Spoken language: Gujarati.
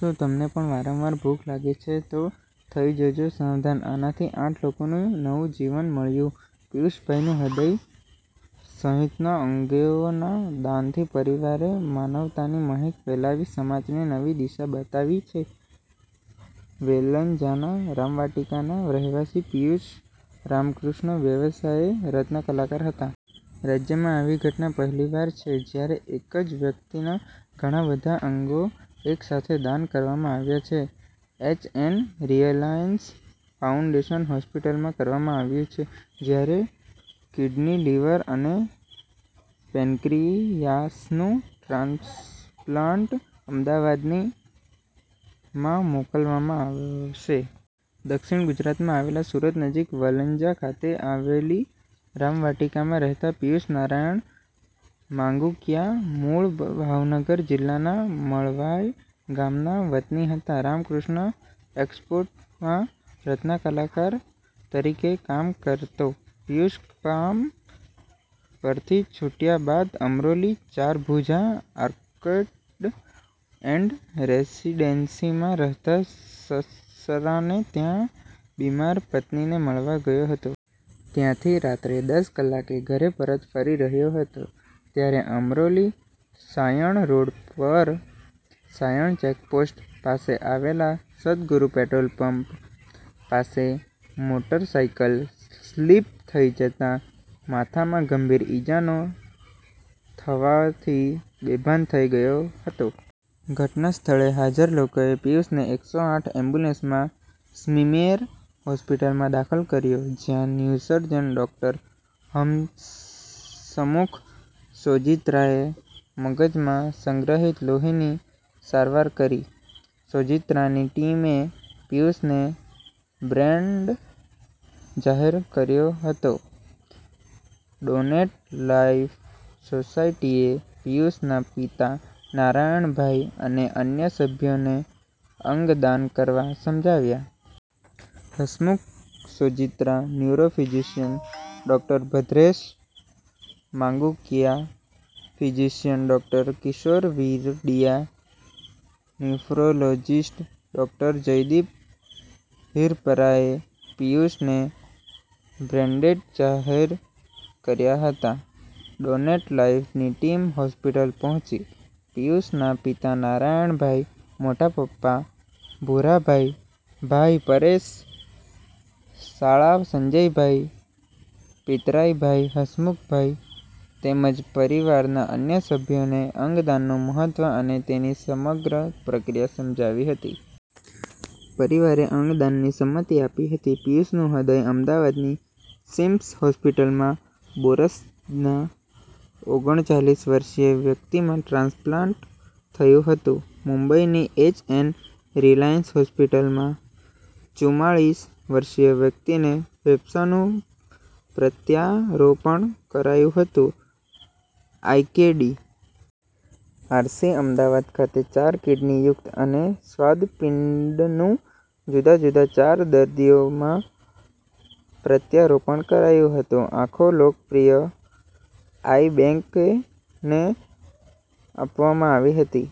શું તમને પણ વારંવાર ભૂખ લાગે છે તો થઈ જજો સાવધાન! આનાથી આઠ લોકોને નવું જીવન મળ્યું. પીયુષભાઈનું હ્રદય સહિતના અંગોના દાનથી પરિવારે માનવતાની મહેક ફેલાવી સમાજને નવી દિશા બતાવી છે. વેલંજાના રામાવટિકાના રહેવાસી પીયૂષ રામકૃષ્ણ વ્યવસાયે રત્નકલાકાર હતા. રાજ્યમાં આવી ઘટના પહેલીવાર છે જ્યારે એક જ વ્યક્તિના ઘણા બધા અંગો એક સાથે દાન કરવામાં આવ્યા છે. એચ. એન. રિલાયન્સ ફાઉન્ડેશન હોસ્પીટલમાં કરવામાં આવ્યું છે. જ્યારે કિડની, લિવર અને પેન્ક્રીયાસનું ટ્રાન્સપ્લાન્ટ અમદાવાદની માં મોકલવામાં આવશે. દક્ષીણ ગુજરાતમાં આવેલ સુરત નજીક વેલંજા ખાતે આવેલી રામવાટીકામાં રહેતા પીયુષ નારાયણભાઈ માંગુકીયા મૂળ ભાવનગર જિલ્લાના માળવાય ગામના વતની હતી. રામકૃષ્ણ એક્ષ્પોર્ટમાં રત્નકલાકાર તરીકે કામ કરતો પીયુષ કામ પરથી છુટ્યા બાદ અમરોલી ચારભુજા આર્કેડ એન્ડ રેસીડેન્સીમાં રહેતા સસરાને ત્યાં બીમાર પત્નીને મળવા ગયો હતો. ત્યાંથી રાત્રે દસ કલાકે ઘરે પરત ફરી રહ્યો હતો ત્યારે અમરોલી સાયણ રોડ પર સાયણ ચેકપોસ્ટ પાસે આવેલ સદગુરુ પેટ્રોલપંપ પાસે મોટરસાયકલ સ્લીપ થઇ જતા માથામાં ગંભીર ઈજાઓ થવાથી બેભાન થઇ ગયો હતો. ઘટના સ્થળે હાજર લોકોએ પિયુષને એકસો આઠ એમ્બ્યુલન્સમાં સ્મીમેર હોસ્પિટલમાં દાખલ કર્યો. જ્યાં ન્યુસર્જન ડૉક્ટર હમસમુખ સોજીત્રાએ મગજમાં સંગ્રહિત લોહીની સારવાર કરી. સોજીત્રાની ટીમે પિયુષને બ્રેનેડ જાહેર કર્યો હતો. ડોનેટ લાઇફ સોસાયટીએ પિયુષના પિતા નારાયણભાઇ અને અન્ય સભ્યોને અંગદાન કરવા સમજાવ્યા. Hasmukh Sojitra, neurophysician doctor Bhadresh Mangukiya, physician doctor Kishor Viradiya, nephrologist doctor Jaydeep હીરપરાએ પીયુષને બ્રેનડેડ જાહેર કર્યા હતા. ડોનેટ લાઈફની ટીમે હોસ્પિટલ પહોંચી પીયુષના પિતા નારણભાઈ, મોટા પપ્પા ભુરાભાઈ, ભાઈ પરેશ, સાળા સંજયભાઈ, પિતરાઈ ભાઈ હસમુખભાઈ તેમજ પરિવારના અન્ય સભ્યોને અંગદાનનું મહત્વ અને તેની સમગ્ર પ્રક્રિયા સમજાવી હતી. પરિવારે અંગદાનની સંમતિ આપી હતી. પીયુષનું હૃદય અમદાવાદની સિમ્સ હોસ્પિટલમાં બોરસદ ના ઓગણચાલીસ વર્ષીય વ્યક્તિમાં ટ્રાન્સપ્લાન્ટ થયું હતું. મુંબઇની એચ. એન. રિલાયન્સ હોસ્પિટલમાં ચૂમાળીસ વર્ષીય વ્યક્તિને ફેફસાંનું પ્રત્યારોપણ કરાયું હતું. I. K. D. R. C., Ahmedabad ખાતે ચાર કિડની, યકૃત અને સ્વાદુપિંડનું જુદા જુદા ચાર દર્દીઓમાં પ્રત્યારોપણ કરાયું હતું. આંખો લોકપ્રિય આઇ બેંકને આપવામાં આવી હતી.